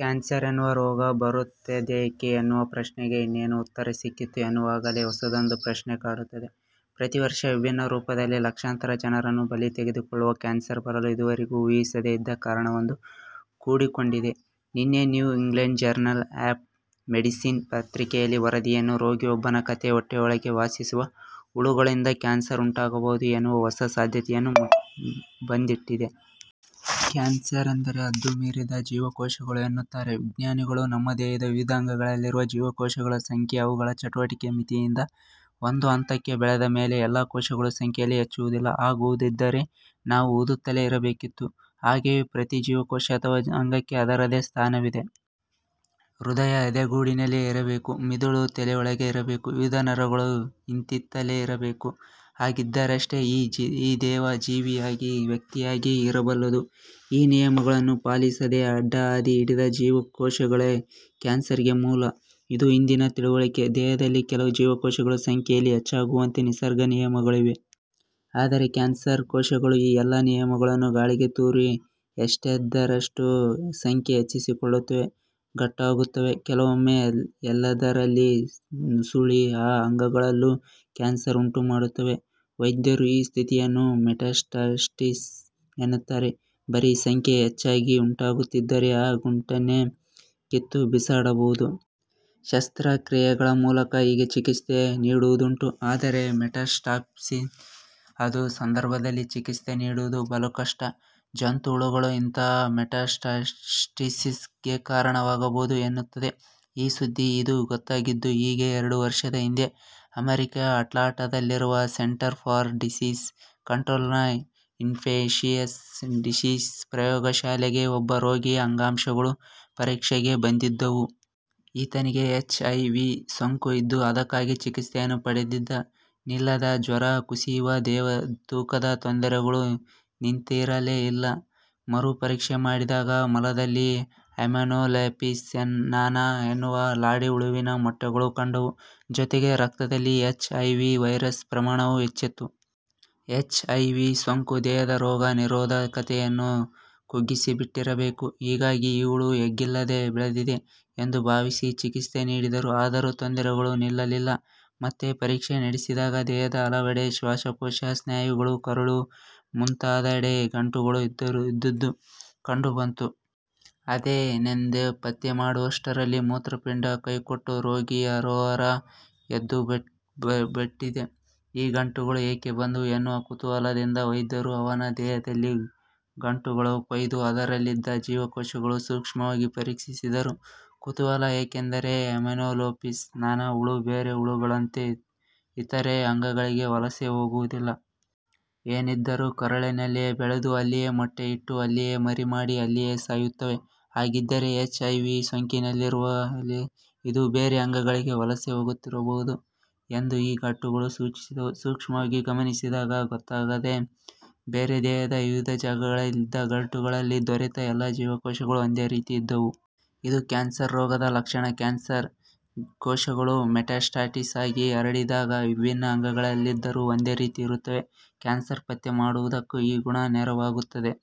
Cancer ಎನ್ನುವ ರೋಗ ಬರುತ್ತದೇಕೆ ಎನ್ನುವ ಪ್ರಶ್ನೆಗೆ ಇನ್ನೇನು ಉತ್ತರ ಸಿಕ್ಕಿತು ಎನ್ನುವಾಗಲೇ ಹೊಸದೊಂದು ಪ್ರಶ್ನೆ ಕಾಡುತ್ತದೆ. ಪ್ರತಿ ವರ್ಷ ವಿಭಿನ್ನ ರೂಪದಲ್ಲಿ ಲಕ್ಷಾಂತರ ಜನರನ್ನು ಬಲಿ ತೆಗೆದುಕೊಳ್ಳುವ ಕ್ಯಾನ್ಸರ್ ಬರಲು ಇದುವರೆವಿಗೂ ಊಹಿಸದೇ ಇದ್ದ ಕಾರಣವೊಂದು ಕೂಡಿಕೊಂಡಿದೆ. ನಿನ್ನೆ New England Journal of Medicine ಪತ್ರಿಕೆಯಲ್ಲಿ ವರದಿಯಾದ ರೋಗಿಯೊಬ್ಬನ ಕಥೆ ಹೊಟ್ಟೆಯೊಳಗೆ ವಾಸಿಸುವ ಹುಳುಗಳಿಂದಲೂ ಕ್ಯಾನ್ಸರ್ ಉಂಟಾಗಬಹುದು ಎನ್ನುವ ಹೊಸ ಸಾಧ್ಯತೆಯನ್ನು ಮುಂದಿಟ್ಟಿದೆ. ಕ್ಯಾನ್ಸರ್ ಎಂದರೆ ಹದ್ದು ಮೀರಿದ ಜೀವಕೋಶಗಳು ಎನ್ನುತ್ತಾರೆ ವಿಜ್ಞಾನಿಗಳು. ನಮ್ಮ ದೇಹದ ವಿವಿಧ ಅಂಗಗಳಲ್ಲಿರುವ ಜೀವಕೋಶಗಳ ಸಂಖ್ಯೆ, ಅವುಗಳ ಚಟುವಟಿಕೆಗೆ ಮಿತಿಯಿದೆ. ಒಂದು ಹಂತಕ್ಕೆ ಬೆಳೆದ ಮೇಲೆ ಎಲ್ಲ ಕೋಶಗಳೂ ಸಂಖ್ಯೆಯಲ್ಲಿ ಹೆಚ್ಚುವುದಿಲ್ಲ. ಹಾಗಾಗುವುದಿದ್ದರೆ ನಾವು ಊದುತ್ತಲೇ ಇರಬೇಕಿತ್ತು. ಹಾಗೆಯೇ ಪ್ರತಿ ಜೀವಕೋಶ ಅಥವಾ ಅಂಗಕ್ಕೆ ಅದರದ್ದೇ ಸ್ಥಾನವಿದೆ. ಹೃದಯ ಎದೆಗೂಡಿನಲ್ಲಿಯೇ ಇರಬೇಕು. ಮಿದುಳು ತಲೆಯೊಳಗೇ ಇರಬೇಕು. ವಿವಿಧ ನರಗಳು ಇಂತಿಂತಲ್ಲೇ ಇರಬೇಕು. ಹಾಗಿದ್ದರಷ್ಟೆ ಈ ದೇಹ ಜೀವಿಯಾಗಿ, ವ್ಯಕ್ತಿಯಾಗಿ ಇರಬಲ್ಲುದು. ಈ ನಿಯಮಗಳನ್ನು ಪಾಲಿಸದೆ ಅಡ್ಡಹಾದಿ ಹಿಡಿದ ಕೋಶಗಳೇ ಕ್ಯಾನ್ಸರ್ ಗೆ ಮೂಲ. ಇದು ಇಂದಿನ ತಿಳುವಳಿಕೆ. ದೇಹದಲ್ಲಿ ಕೆಲವೇ ಜೀವಕೋಶಗಳು ಸಂಖ್ಯೆಯಲ್ಲಿ ಹೆಚ್ಚಾಗುವಂತೆ ನಿಸರ್ಗ ನಿಯಮಗಳಿವೆ. ಆದರೆ ಕ್ಯಾನ್ಸರ್ ಕೋಶಗಳು ಈ ಎಲ್ಲ ನಿಯಮಗಳನ್ನೂ ಗಾಳಿಗೆ ತೂರಿ ಎಷ್ಟೆಂದರಷ್ಟು ಸಂಖ್ಯೆ ಹೆಚ್ಚಿಸಿಕೊಳ್ಳುತ್ತವೆ, ಗಂಟಾಗುತ್ತವೆ. ಕೆಲವೊಮ್ಮೆ ಎಲ್ಲೆಂದರಲ್ಲಿ ನುಸುಳಿ ಆ ಅಂಗಗಳಲ್ಲೂ ಕ್ಯಾನ್ಸರ್ ಉಂಟು ಮಾಡುತ್ತವೆ. ವೈದ್ಯರು ಈ ಸ್ಥಿತಿಯನ್ನು ಮೆಟಾಸ್ಟಾಸಿಸ್ ಎನ್ನುತ್ತಾರೆ. ಬರೇ ಸಂಖ್ಯೆ ಹೆಚ್ಚಾಗಿ ಗಂಟಾಗುತ್ತಿದ್ದರೆ, ಆ ಗಂಟನ್ನೇ ಕಿತ್ತು ಬಿಸಾಡಬಹುದು. ಶಸ್ತ್ರಕ್ರಿಯೆಗಳ ಮೂಲಕ ಹೀಗೆ ಚಿಕಿತ್ಸೆ ನೀಡುವುದುಂಟು. ಆದರೆ ಮೆಟಾಸ್ಟಾಸಿಸ್ ಆದ ಸಂದರ್ಭದಲ್ಲಿ ಚಿಕಿತ್ಸೆ ನೀಡುವುದು ಬಲು ಕಷ್ಟ. ಜಂತುಹುಳುಗಳೂ ಇಂತಹ ಮೆಟಾಸ್ಟಾಸಿಸ್ ಗೆ ಕಾರಣವಾಗಬಹುದು ಎನ್ನುತ್ತದೆ ಈ ಸುದ್ದಿ. ಇದು ಗೊತ್ತಾಗಿದ್ದು ಹೀಗೆ. ಎರಡು ವರ್ಷದ ಹಿಂದೆ, ಅಮೆರಿಕೆಯ ಅಟ್ಲಾಂಟಾದಲ್ಲಿರುವ ಸೆಂಟರ್ ಫಾರ್ ಡಿಸೀಸ್ ಕಂಟ್ರೋಲ್ ನ ಇನ್ಫೆಕ್ಶಿಯಸ್ ಡಿಸೀಸಸ್ ಪ್ರಯೋಗಶಾಲೆಗೆ ಒಬ್ಬ ರೋಗಿಯ ಅಂಗಾಂಶಗಳು ಪರೀಕ್ಷೆಗೆ ಬಂದಿದ್ದುವು. ಈತನಿಗೆ ಎಚ್ ಐ ವಿ. ಸೋಂಕು ಇದ್ದು ಅದಕ್ಕಾಗಿ ಚಿಕಿತ್ಸೆಯನ್ನೂ ಪಡೆದಿದ್ದ. ನಿಲ್ಲದ ಜ್ವರ, ಕುಸಿಯುವ ದೇಹತೂಕದ ತೊಂದರೆಗಳು ನಿಂತಿರಲೇ ಇಲ್ಲ. ಮರು ಪರೀಕ್ಷೆ ಮಾಡಿದಾಗ ಮಲದಲ್ಲಿ ಹೈಮೆನೋಲೆಪಿಸ್ ನಾನಾ ಎನ್ನುವ ಲಾಡಿಹುಳುವಿನ ಮೊಟ್ಟೆಗಳು ಕಂಡುವು. ಜೊತೆಗೆ ರಕ್ತದಲ್ಲಿ ಎಚ್ ಐ ವಿ. ವೈರಸ್ ಪ್ರಮಾಣವೂ ಹೆಚ್ಚಿತ್ತು. H I V. ಸೋಂಕು ದೇಹದ ರೋಗ ನಿರೋಧಕತೆಯನ್ನು ಕುಗ್ಗಿಸಿಬಿಟ್ಟಿರಬೇಕು. ಹೀಗಾಗಿ ಈ ಹುಳು ಎಗ್ಗಿಲ್ಲದೆ ಬೆಳೆದಿದೆ ಎಂದು ಭಾವಿಸಿ ಚಿಕಿತ್ಸೆ ನೀಡಿದರು. ಆದರೂ ತೊಂದರೆಗಳು ನಿಲ್ಲಲಿಲ್ಲ. ಮತ್ತೆ ಪರೀಕ್ಷೆ ನಡೆಸಿದಾಗ ದೇಹದ ಹಲವೆಡೆ, ಶ್ವಾಸಕೋಶ, ಸ್ನಾಯುಗಳು, ಕರುಳು ಮುಂತಾದೆಡೆ ಗಂಟುಗಳು ಇದ್ದುದು ಕಂಡು ಬಂತು. ಅದೇನೆಂದು ಪತ್ತೆ ಮಾಡುವಷ್ಟರಲ್ಲಿ ಮೂತ್ರಪಿಂಡ ಕೈಕೊಟ್ಟು ರೋಗಿ ಹರೋಹರ ಎಂದುಬಟ್ಟಿದ್ದ. ಈ ಗಂಟುಗಳು ಏಕೆ ಬಂದುವು ಎನ್ನುವ ಕುತೂಹಲದಿಂದ ವೈದ್ಯರು ಅವನ ದೇಹದಲ್ಲಿದ್ದ ಗಂಟುಗಳನ್ನು ಕೊಯ್ದು ಅದರಲ್ಲಿದ್ದ ಜೀವಕೋಶಗಳನ್ನು ಸೂಕ್ಷ್ಮವಾಗಿ ಪರೀಕ್ಷಿಸಿದರು. ಕುತೂಹಲ ಏಕೆಂದರೆ ಹೈಮೆನೊಲೆಪಿಸ್ ನಾನಾ ಹುಳು ಬೇರೆ ಹುಳುಗಳಂತೆ ಇತರೆ ಅಂಗಗಳಿಗೆ ವಲಸೆ ಹೋಗುವುದಿಲ್ಲ. ಏನಿದ್ದರೂ ಕರುಳಿನಲ್ಲಿಯೇ ಬೆಳೆದು, ಅಲ್ಲಿಯೇ ಮೊಟ್ಟೆಯಿಟ್ಟು, ಅಲ್ಲಿಯೇ ಮರಿ ಮಾಡಿ, ಅಲ್ಲಿಯೇ ಸಾಯುತ್ತದೆ. ಹಾಗಿದ್ದರೆ ಎಚ್ ಐ ವಿ ಸೋಂಕಿರುವವರಲ್ಲಿ ಇದು ಬೇರೆ ಅಂಗಗಳಿಗೆ ವಲಸೆ ಹೋಗುತ್ತಿರಬಹುದು ಎಂದು ಈ ಗಂಟುಗಳು ಸೂಚಿಸಿದ್ದವು. ಸೂಕ್ಷ್ಮವಾಗಿ ಗಮನಿಸಿದಾಗ ಗೊತ್ತಾದ್ದೇ ಬೇರೆ. ದೇಹದ ವಿವಿಧ ಜಾಗಗಳಲ್ಲಿ ಇದ್ದ ಗಂಟುಗಳಲ್ಲಿ ದೊರೆತ ಎಲ್ಲ ಜೀವಕೋಶಗಳೂ ಒಂದೇ ರೀತಿ ಇದ್ದುವು. ಇದು ಕ್ಯಾನ್ಸರ್ ರೋಗದ ಲಕ್ಷಣ. ಕ್ಯಾನ್ಸರ್ ಕೋಶಗಳು ಮೆಟಾಸ್ಟಾಸಿಸ್ ಆಗಿ ಹರಡಿಕೊಂಡಾಗ ವಿಭಿನ್ನ ಅಂಗಗಳಲ್ಲಿದ್ದರೂ ಒಂದೇ ರೀತಿ ಇರುತ್ತವೆ. ಕ್ಯಾನ್ಸರ್ ಪತ್ತೆ ಮಾಡುವುದಕ್ಕೂ ಈ ಗುಣ ನೆರವಾಗುತ್ತದೆ.